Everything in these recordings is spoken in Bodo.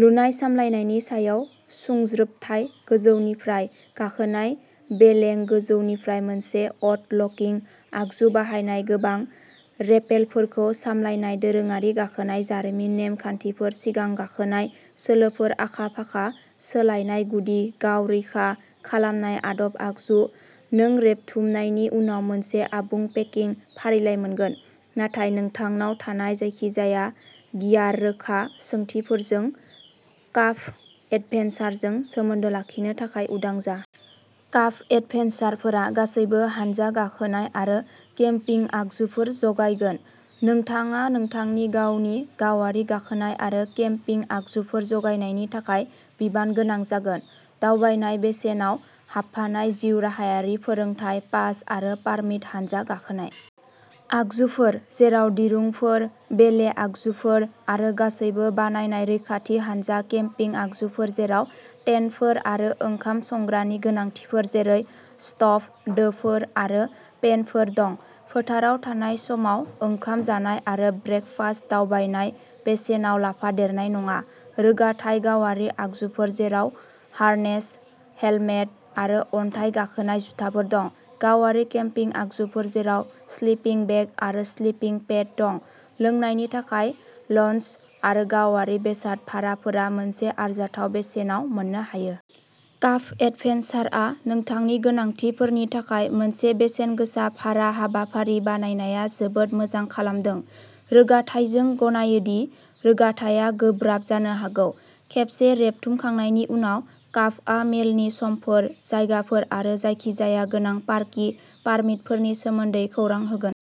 लुनाय सामलायनायनि सायाव सुंज्रोबथाय गोजौनिफ्राय गाखोनाय बेलेइं गोजौनिफ्राय मोनसे अट' लकिं आगजु बाहायनाय गोबां रेपेलफोरखौ सामलायनाय दोरोङारि गाखोनाय जारिमिन नेम खान्थिफोर सिगां गाखोनाय सोलोफोर आखा-फाखा सोलायनाय गुदि गाव-रैखा खालामनाय आदब आगजु नों रेबथुमनायनि उनाव मोनसे आबुं पेकिं फारिलाइ मोनगोन, नाथाय नोंथांनाव थानाय जायखिजाया गियार रोखा सोंथिफोरजों काफ एडभेन्चारजों सोमोन्दो लाखिनो थाखाय उदां जा। काफ एडभेन्चारफोरा गासैबो हानजा गाखोनाय आरो केम्पिं आगजुफोर जगायगोन। नोंथाङा नोंथांनि गावनि गावारि गाखोनाय आरो केम्पिं आगजुफोर जगायनायनि थाखाय बिबान गोनां जागोन। दावबायनाय बेसेनाव हाबफानाय जिउ राहायारि फोरोंथाय पास आरो पारमिट हानजा गाखोनाय आगजुफोर जेराव दिरुंफोर, बेले आगजुफोर, आरो गासैबो बानायनाय रैखाथि हानजा केम्पिं आगजुफोर जेराव टेन्टफोर आरो ओंखाम संग्रानि गोनांथिफोर जेरै स्ट'भ, दोफोर आरो पेनफोर दं, फोथाराव थानाय समाव ओंखाम जानाय आरो ब्रेकफास्ट दावबायनाय बेसेनाव लाफादेरनाय नङा रोगाथाय गावारि आगजुफोर जेराव हार्नेस, हेलमेट, आरो अन्थाइ गाखोनाय जुथाफोर दं, गावारि केम्पिं आगजुफोर जेराव स्लिपिं बेग आरो स्लिपिं पेड दं, लोंनायनि थाखाय लञ्च आरो गावारि बेसाद भाराफोरा मोनसे आरजाथाव बेसेनाव मोननो हायो। काफ एडभेन्चारआ नोंथांनि गोनांथिफोरनि थाखाय मोनसे बेसेनगोसा भारा हाबाफारि बानायनाया जोबोद मोजां खालामदों। रोगाथाइ जों गनायो दि रोगाथाइआ गोब्राब जानो हागौ। खेबसे रेबथुमखांनायनि उनाव, काफआ मेलनि समफोर, जायगाफोर आरो जायखिजाया गोनां पार्किं पारमिटफोरनि सोमोन्दै खौरां होगोन।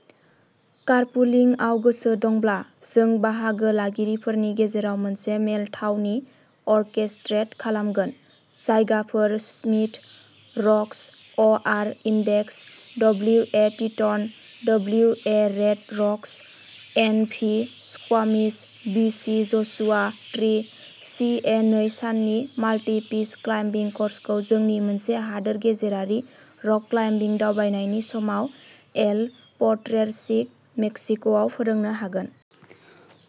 कारपुलिंआव गोसो दंब्ला, जों बाहागो लागिरिफोरनि गेजेराव मोनसे मेल थावनि अरकेस्ट्रेट खालामगोन। जायगाफोर Smith Rocks, O R Index, W A Teton, W A Red Rocks, N V Squamish, B C Joshua Tree, C A नै साननि माल्टि पिच क्लाइम्बिं क'र्सखौ जोंनि मोनसे हादोर गेजेरारि रक क्लाइम्बिं दावबायनायनि समाव एल प'ट्रेर'चिक, मेक्सिक'आव फोरोंनो हागोन।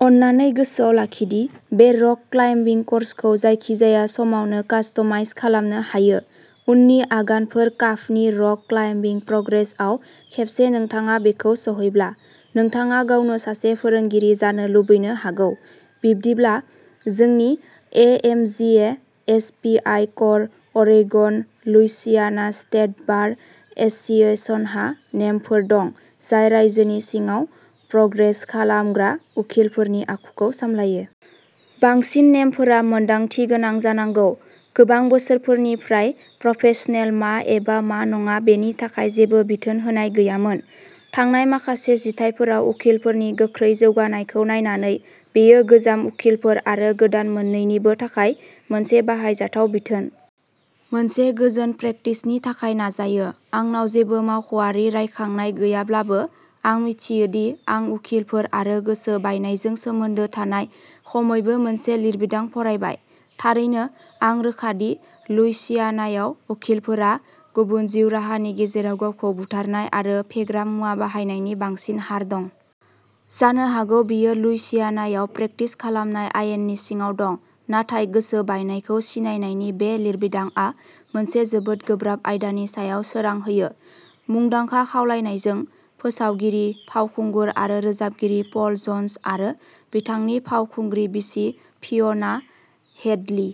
अन्नानै गोसोआव लाखि दि बे रक क्लाइम्बिं क'र्सखौ जायखिजाया समावनो कास्टमाइज खालामनो हायो। उननि आगानफोर काफनि रक क्लाइम्बिं प्रग्रेसनआव खेबसे नोंथाङा बेखौ सौहैब्ला, नोंथाङा गावनो सासे फोरोंगिरि जानो लुबैनो हागौ। बिदिब्ला, जोंनि AMGA SPI course Oregon Louisiana state bar एस'सिएशनहा नेमफोर दं जाय रायजोनि सिङाव प्रेक्टिस खालामग्रा उखिलफोरनि आखुखौ सामलायो। बांसिन नेमफोरा मोनदांथि गोनां जानांगौ। गोबां बोसोरफोरनिफ्राय प्रफेसनेल मा एबा मा नङा बेनि थाखाय जेबो बिथोन होनाय गैयामोन। थांनाय माखासे जिथाइफोराव उखिलफोरनि गोख्रै जौगानायखौ नायनानै, बेयो गोजाम उखिलफोर आरो गोदान मोन्नैनिबो थाखाय मोनसे बाहायजाथाव बिथोन। मोनसे गोजोन प्रेक्टिसनि थाखाय नाजायो। आंनाव जेबो मावख'आरि रायखांनाय गैयाब्लाबो, आं मिथियो दि आं उखिलफोर आरो गोसो बायनायजों सोमोन्दो थानाय खमैबो मोनसे लिरबिदां फरायबाय। थारैनो, आं रोखा दि लुइसियानायाव उखिलफोरा गुबुन जिउ राहानि गेजेराव गावखौ बुथारनाय आरो फेग्रा मुवा बाहायनायनि बांसिन हार दं। जानो हागौ बेयो लुइसियानायाव प्रेक्टिस खालामनाय आयेननि सिङाव दं, नाथाय गोसो बायनायखौ सिनायनायनि बे लिरबिदांआ मोनसे जोबोद गोब्राब आयदानि सायाव सोरां होयो। मुंदांखा खावलायनायजों, फोसावगिरि, फावखुंगुर आरो रोजाबगिरि पल जन्स, आरो बिथांनि फावखुंग्रि बिसि फिय'ना हेडलि,